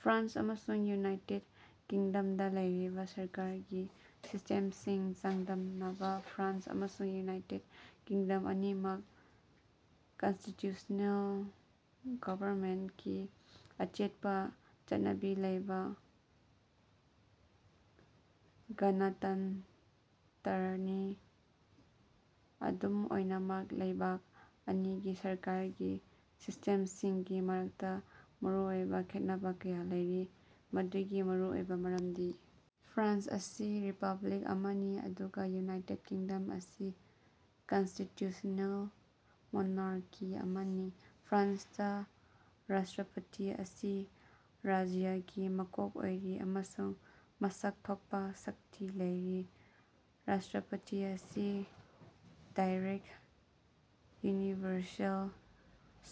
France ꯑꯃꯁꯨꯡ United ꯀꯤꯡꯗꯝꯗ ꯂꯩꯔꯤꯕ ꯁꯔꯀꯥꯔꯒꯤ ꯁꯤꯁꯇꯦꯝꯁꯤꯡ ꯆꯥꯡꯗꯝꯅꯕ- ꯐ꯭ꯔꯥꯟꯁ ꯑꯃꯁꯨꯡ ꯌꯨꯅꯥꯏꯇꯦꯗ ꯀꯤꯡꯗꯝ ꯑꯅꯤꯃꯛ ꯀꯟꯁꯇꯤꯇ꯭ꯌꯨꯁ꯭ꯅꯦꯜ ꯒꯣꯚꯔꯟꯃꯦꯟꯇꯀꯤ ꯑꯆꯦꯠꯄ ꯆꯠꯅꯕꯤ ꯂꯩꯕ ꯒꯅꯇꯟꯇ꯭ꯔꯅꯤ꯫ ꯑꯗꯨꯝ ꯑꯣꯏꯅꯃꯛ ꯂꯩꯕꯥꯛ ꯑꯅꯤꯒꯤ ꯁꯔꯀꯥꯔꯒꯤ ꯁꯤꯁ꯭ꯇꯦꯝꯁꯤꯡꯒꯤ ꯃꯔꯛꯇ ꯃꯔꯨꯑꯣꯏꯕ ꯈꯦꯠꯅꯕ ꯀꯌꯥ ꯂꯩꯔꯤ꯫ ꯃꯗꯨꯒꯤ ꯃꯔꯨꯑꯣꯏꯕ ꯃꯔꯝꯗꯤ ꯐ꯭ꯔꯥꯟꯁ ꯑꯁꯤ ꯔꯤꯄꯕ꯭ꯂꯤꯛ ꯑꯃꯅꯤ ꯑꯗꯨꯒ ꯌꯨꯅꯥꯏꯇꯦꯗ ꯀꯤꯡꯗꯝ ꯑꯁꯤ ꯀꯟꯁꯇꯤꯇ꯭ꯌꯨꯁ꯭ꯅꯦꯜ ꯃꯣꯅꯥꯔꯀꯤ ꯑꯃꯅꯤ꯫ ꯐ꯭ꯔꯥꯟꯁꯇ ꯔꯥꯁꯇ꯭ꯔꯄꯇꯤ ꯑꯁꯤ ꯔꯥꯖ꯭ꯌꯥꯒꯤ ꯃꯀꯣꯛ ꯑꯣꯏꯔꯤ ꯑꯃꯁꯨꯡ ꯃꯁꯛ ꯊꯣꯛꯄ ꯁꯛꯇꯤ ꯂꯩꯔꯤ꯫ ꯔꯥꯁꯇ꯭ꯔꯄꯇꯤ ꯑꯁꯤ ꯗꯥꯏꯔꯦꯛꯇ ꯌꯨꯅꯤꯚꯔꯁꯦꯜ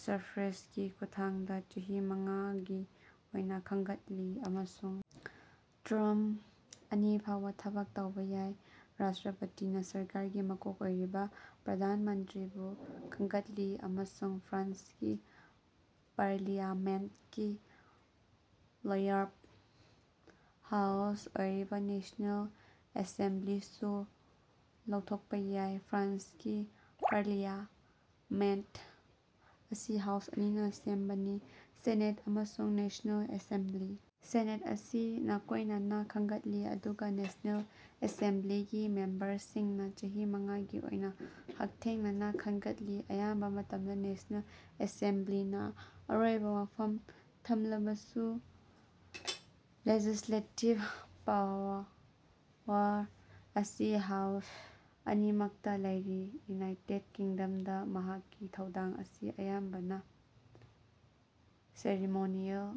ꯁꯐ꯭ꯔꯦꯖꯒꯤ ꯈꯨꯠꯊꯥꯡꯗ ꯆꯍꯤ ꯃꯉꯥꯒꯤ ꯑꯣꯏꯅ ꯈꯟꯒꯠꯂꯤ ꯑꯃꯁꯨꯡ ꯇꯔꯝ ꯑꯅꯤ ꯐꯥꯎꯕ ꯊꯕꯛ ꯇꯧꯕ ꯌꯥꯏ꯫ ꯔꯥꯁꯇ꯭ꯔꯄꯇꯤꯅ ꯁꯔꯀꯥꯔꯒꯤ ꯃꯀꯣꯛ ꯑꯣꯏꯔꯤꯕ ꯄ꯭ꯔꯙꯥꯟ ꯃꯟꯇ꯭ꯔꯤꯕꯨ ꯈꯟꯒꯠꯂꯤ ꯑꯃꯁꯨꯡ ꯐ꯭ꯔꯥꯟꯁꯀꯤ ꯄꯥꯔꯂꯤꯌꯥꯃꯦꯟꯇꯀꯤ ꯂꯣꯌꯔꯕ ꯍꯥꯎꯁ ꯑꯣꯏꯔꯤꯕ ꯅꯦꯁ꯭ꯅꯦꯜ ꯑꯦꯁꯦꯝꯕ꯭ꯂꯤꯁꯨ ꯂꯧꯊꯣꯛꯄ ꯌꯥꯏ꯫ ꯐ꯭ꯔꯥꯟꯁꯀꯤ ꯄꯥꯔꯂꯤꯌꯥꯃꯦꯟꯇ ꯑꯁꯤ ꯍꯥꯎꯁ ꯑꯅꯤꯅ ꯁꯦꯝꯕꯅꯤ: ꯁꯦꯅꯦꯠ ꯑꯃꯁꯨꯡ ꯅꯦꯁ꯭ꯅꯦꯜ ꯑꯦꯁꯦꯝꯕ꯭ꯂꯤ꯫ ꯁꯦꯅꯦꯠ ꯑꯁꯤ ꯅꯥꯀꯣꯏꯅꯅ ꯈꯟꯒꯠꯂꯤ ꯑꯗꯨꯒ ꯅꯦꯁ꯭ꯅꯦꯜ ꯑꯦꯁꯦꯝꯕ꯭ꯂꯤꯒꯤ ꯃꯦꯝꯕꯔꯁꯤꯡꯅ ꯆꯍꯤ ꯃꯉꯥꯒꯤ ꯑꯣꯏꯅ ꯍꯛꯊꯦꯡꯅꯅ ꯈꯟꯒꯠꯂꯤ꯫ ꯑꯌꯥꯝꯕ ꯃꯇꯝꯗ ꯅꯦꯁ꯭ꯅꯦꯜ ꯑꯦꯁꯦꯝꯕ꯭ꯂꯤꯅ ꯑꯔꯣꯏꯕ ꯋꯥꯐꯝ ꯊꯝꯂꯕꯁꯨ ꯂꯦꯖꯤꯁ꯭ꯂꯦꯇꯤꯚ ꯄꯥꯋꯔ ꯑꯁꯤ ꯍꯥꯎꯁ ꯑꯅꯤꯃꯛꯇ ꯂꯩꯔꯤ꯫ ꯌꯨꯅꯥꯏꯇꯦꯗ ꯀꯤꯡꯗꯝꯗ ꯃꯍꯥꯛꯀꯤ ꯊꯧꯗꯥꯡ ꯑꯁꯤ ꯑꯌꯥꯝꯕꯅ ꯁꯦꯔꯤꯃꯣꯅꯤꯑꯦꯜ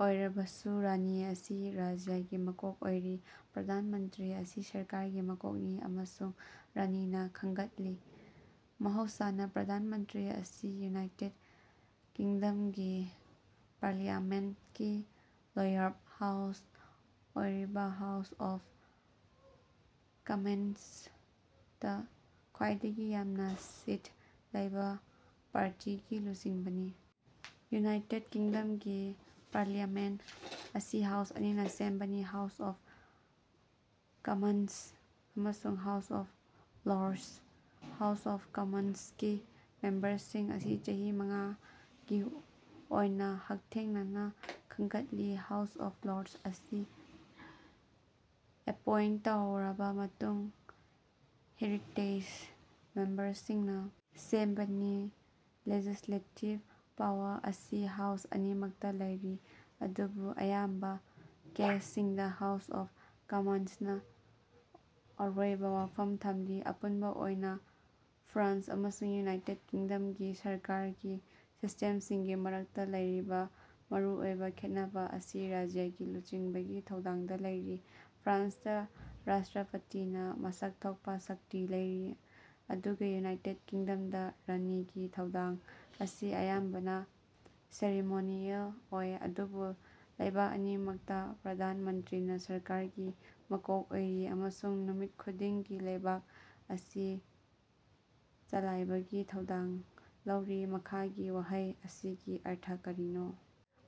ꯑꯣꯏꯔꯕꯁꯨ ꯔꯥꯅꯤ ꯑꯁꯤ ꯔꯥꯖ꯭ꯌꯥꯒꯤ ꯃꯀꯣꯛ ꯑꯣꯏꯔꯤ꯫ ꯄ꯭ꯔꯙꯥꯟ ꯃꯟꯇ꯭ꯔꯤ ꯑꯁꯤ ꯁꯔꯀꯥꯔꯒꯤ ꯃꯀꯣꯛꯅꯤ ꯑꯃꯁꯨꯡ ꯔꯥꯅꯤꯅ ꯈꯟꯒꯠꯂꯤ꯫ ꯃꯍꯧꯁꯥꯅ ꯄ꯭ꯔꯙꯥꯟ ꯃꯟꯇ꯭ꯔꯤ ꯑꯁꯤ ꯌꯨꯅꯥꯏꯇꯦꯗ ꯀꯤꯡꯗꯝꯒꯤ ꯄꯥꯔꯂꯤꯌꯥꯃꯦꯟꯇꯀꯤ ꯂꯣꯌꯔꯕ ꯍꯥꯎꯁ ꯑꯣꯏꯔꯤꯕ ꯍꯥꯎꯁ ꯑꯣꯐ ꯀꯝꯃꯟꯁꯇ ꯈ꯭ꯋꯥꯏꯗꯒꯤ ꯌꯥꯝꯅ ꯁꯤꯠ ꯂꯩꯕ ꯄꯥꯔꯇꯤꯒꯤ ꯂꯨꯆꯤꯡꯕꯅꯤ꯫ ꯌꯨꯅꯥꯏꯇꯦꯗ ꯀꯤꯡꯗꯝꯒꯤ ꯄꯥꯔꯂꯤꯌꯥꯃꯦꯟꯇ ꯑꯁꯤ ꯍꯥꯎꯁ ꯑꯅꯤꯅ ꯁꯦꯝꯕꯅꯤ: ꯍꯥꯎꯁ ꯑꯣꯐ ꯀꯝꯃꯟꯁ ꯑꯃꯁꯨꯡ House of Lords. House of ꯀꯝꯃꯟꯁꯀꯤ ꯃꯦꯝꯕꯔꯁꯤꯡ ꯑꯁꯤ ꯆꯍꯤ ꯃꯉꯥꯒꯤ ꯑꯣꯏꯅ ꯍꯛꯊꯦꯡꯅꯅ ꯈꯟꯒꯠꯂꯤ꯫ ꯍꯥꯎꯁ ꯑꯣꯐ ꯂꯣꯔꯗꯁ ꯑꯁꯤ ꯑꯦꯄꯣꯏꯟꯇ ꯇꯧꯔꯕ ꯑꯃꯁꯨꯡ ꯍꯦꯔꯤꯇꯦꯖ ꯃꯦꯝꯕꯔꯁꯤꯡꯅ ꯁꯦꯝꯕꯅꯤ꯫ ꯂꯦꯖꯤꯁ꯭ꯂꯦꯇꯤꯚ ꯄꯥꯋꯔ ꯑꯁꯤ ꯍꯥꯎꯁ ꯑꯅꯤꯃꯛꯇ ꯂꯩꯔꯤ ꯑꯗꯨꯕꯨ ꯑꯌꯥꯝꯕ ꯀꯦꯁꯁꯤꯡꯗ ꯍꯥꯎꯁ ꯑꯣꯐ ꯀꯝꯃꯟꯁꯅ ꯑꯔꯣꯏꯕ ꯋꯥꯐꯝ ꯊꯝꯂꯤ꯫ ꯑꯄꯨꯟꯕ ꯑꯣꯏꯅ ꯐ꯭ꯔꯥꯟꯁ ꯑꯃꯁꯨꯡ ꯌꯨꯅꯥꯏꯇꯦꯗ ꯀꯤꯡꯗꯝꯒꯤ ꯁꯔꯀꯥꯔꯒꯤ ꯁꯤꯁ꯭ꯇꯦꯝꯁꯤꯡꯒꯤ ꯃꯔꯛꯇ ꯂꯩꯔꯤꯕ ꯃꯔꯨꯑꯣꯏꯕ ꯈꯦꯠꯅꯕ ꯑꯁꯤ ꯔꯥꯖ꯭ꯌꯥꯒꯤ ꯂꯨꯆꯤꯡꯕꯒꯤ ꯊꯧꯗꯥꯡꯗ ꯂꯩꯔꯤ꯫ ꯐ꯭ꯔꯥꯟꯁꯇ ꯔꯥꯁꯇ꯭ꯔꯄꯇꯤꯅ ꯃꯁꯛ ꯊꯣꯛꯄ ꯁꯛꯇꯤ ꯂꯩꯔꯤ ꯑꯗꯨꯒ ꯌꯨꯅꯥꯏꯇꯦꯗ ꯀꯤꯡꯗꯝꯗ ꯔꯥꯅꯤꯒꯤ ꯊꯧꯗꯥꯡ ꯑꯁꯤ ꯑꯌꯥꯝꯕꯅ ꯁꯦꯔꯤꯃꯣꯅꯤꯑꯦꯜ ꯑꯣꯏ꯫ ꯑꯗꯨꯕꯨ ꯂꯩꯕꯥꯛ ꯑꯅꯤꯃꯛꯇ ꯄ꯭ꯔꯙꯥꯟ ꯃꯟꯇ꯭ꯔꯤꯅ ꯁꯔꯀꯥꯔꯒꯤ ꯃꯀꯣꯛ ꯑꯣꯏꯔꯤ ꯑꯃꯁꯨꯡ ꯅꯨꯃꯤꯠ ꯈꯨꯗꯤꯡꯒꯤ ꯂꯩꯕꯥꯛ ꯑꯁꯤ ꯆꯂꯥꯏꯕꯒꯤ ꯊꯧꯗꯥꯡ ꯂꯧꯔꯤ꯫ ꯃꯈꯥꯒꯤ ꯋꯥꯍꯩ ꯑꯁꯤꯒꯤ ꯑꯔꯊ ꯀꯔꯤꯅꯣ?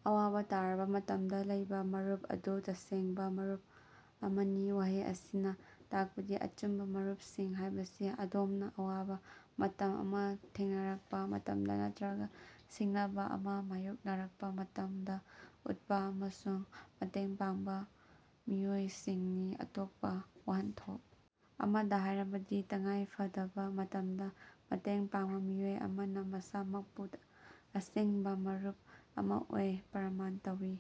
"ꯑꯋꯥꯕ ꯇꯥꯔꯕ ꯃꯇꯝꯗ ꯂꯩꯕ ꯃꯔꯨꯞ ꯑꯗꯨ ꯇꯁꯦꯡꯕ ꯃꯔꯨꯞ ꯑꯃꯅꯤ"꯫ ꯋꯥꯍꯩ ꯑꯁꯤꯅ ꯇꯥꯛꯄꯗꯤ ꯑꯆꯨꯝꯕ ꯃꯔꯨꯞꯁꯤꯡ ꯍꯥꯏꯕꯁꯤ ꯑꯗꯣꯝꯅ ꯑꯋꯥꯕ ꯃꯇꯝ ꯑꯃ ꯊꯦꯡꯅꯔꯛꯄ ꯃꯇꯝꯗ ꯅꯠꯇ꯭ꯔꯒ ꯁꯤꯡꯅꯕ ꯑꯃ ꯃꯥꯏꯌꯣꯛꯅꯔꯄ ꯃꯇꯝꯗ ꯎꯠꯄ ꯑꯃꯁꯨꯡ ꯃꯇꯦꯡ ꯄꯥꯡꯕ ꯃꯤꯑꯣꯏꯁꯤꯡꯅꯤ꯫ ꯑꯇꯣꯞꯄ ꯋꯥꯍꯟꯊꯣꯛ ꯑꯃꯗ ꯍꯥꯏꯔꯕꯗꯤ, ꯇꯉꯥꯏꯐꯗꯕ ꯃꯇꯝꯗ ꯃꯇꯦꯡ ꯄꯥꯡꯕ ꯃꯤꯑꯣꯏ ꯑꯃꯅ ꯃꯁꯥꯃꯛꯄꯨ ꯑꯁꯦꯡꯕ ꯃꯔꯨꯞ ꯑꯃ ꯑꯣꯏꯅ ꯄ꯭ꯔꯃꯥꯟ ꯇꯧꯏ꯫